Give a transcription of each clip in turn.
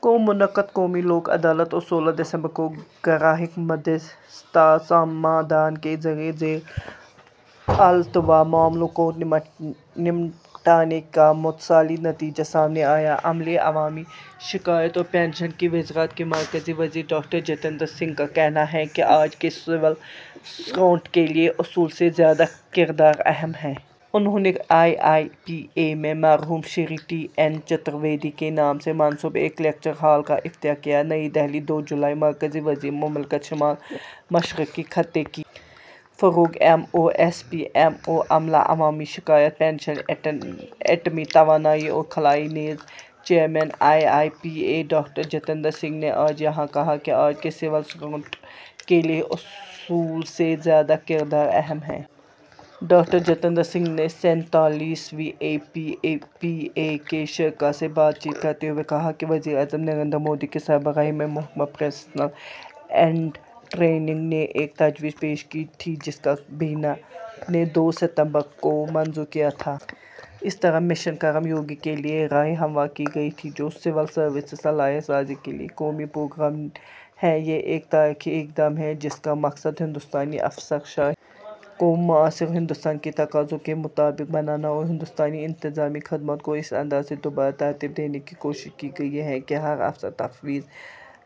کو منعقدہ قومی لوک عدالت اور سولہ دسمبر کو گراہک مدھیستھتا سمادھان کے ذریعے زیر التواء معاملوں کو نمٹانے کا مثالی نتیجہ سامنے آیا ہے۔ عملے، عوامی شکایات اور پنشن کی وزارت کے مرکزی وزیر ڈاکٹر جتیندر سنگھ کا کہنا ہے کہ آج کے سول سرونٹ کے لیے اصول سے زیادہ کردار اہم ہے۔ انہوں نے آئی آئی پی اے میں مرحوم شری ٹی این چترویدی کے نام سے منسوب ایک لیکچر ہال کا افتتاح کیا۔ نئی دہلی، دو جولائی۔ مرکزی وزیر مملکت شمال مشرقی خطے کی فروغ، M O S P M O, عملہ، عوامی شکایات، پنشن، ایٹمی توانائی اور خلائی نیز chairman I I P A, doctor Jitendra Singh نے آج یہاں کہا کہ آج کے سول سرونٹ کے لیے اصول سے زیادہ کردار اہم ہے۔ ڈاکٹر جتیندر سنگھ نے سینتالیسویں اے پی پی پی اے کے شرکاء سے بات چیت کرتے ہوئے کہا کہ وزیر اعظم نریندر مودی کی سربراہی میں محکمہ پرسنل اینڈ ٹریننگ نے ایک تجویز پیش کی تھی جسے کابینہ نے دو ستمبر کو منظور کیا تھا۔ اس طرح مشن کرم یوگی کے لیے راہ ہموار کی گئی تھی، جو سول سروس صلاحیت سازی کے لیے قومی پروگرام ہے۔ یہ ایک تاریخی اقدام ہے جس کا مقصد ہندوستانی افسر شاہی کو معاصر ہندوستان کی تقاضوں کے مطابق بنانا ہے اور ہندوستانی انتظامی خدمات کو اس انداز سے دوبارہ ترتیب دینے کی کوشش کی گئی ہے کہ ہر افسر تفویض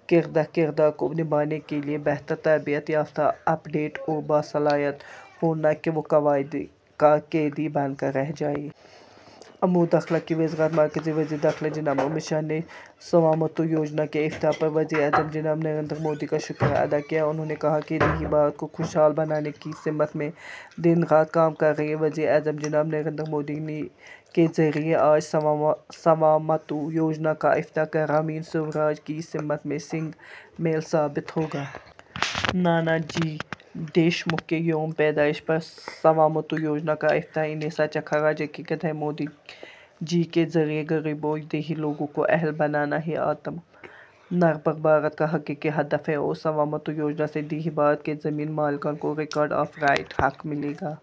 کردہ کردار کو نبھانے کے لیے بہتر، تربیت یافتہ، اپ ڈیٹ اور باصلاحیت ہو، نہ کہ وہ قواعد کا قیدی بن کر رہ جائے۔ امور داخلہ کی وزارت۔ مرکزی وزیر داخلہ جناب امت شاہ نے سوامتو یوجنا کے افتتاح پر وزیر اعظم جناب نریندر مودی کا شکریہ ادا کیا۔ انہوں نے کہا کہ دیہی بھارت کو خوش حال بنانے کی سمت میں دن رات کام کر رہے وزیر اعظم جناب نریندر مودی کے ذریعے آج سوامتو یوجنا کا افتتاح گرامین سوراج کی سمت میں سنگ میل ثابت ہوگا۔ نانا جی دیشمکھ کے یوم پیدائش پر سوامتو یوجنا کا افتتاح انہیں سچا خراج عقیدت ہے۔ مودی جی کے ذریعے غریبوں اور دیہی لوگوں کو اہل بنانا ہی آتم نربھر بھارت کا حقیقی ہدف ہے اور سوامتو یوجنا سے دیہی بھارت کے زمین مالکان کو ریکارڈ آف رائٹ کا حق ملے گا۔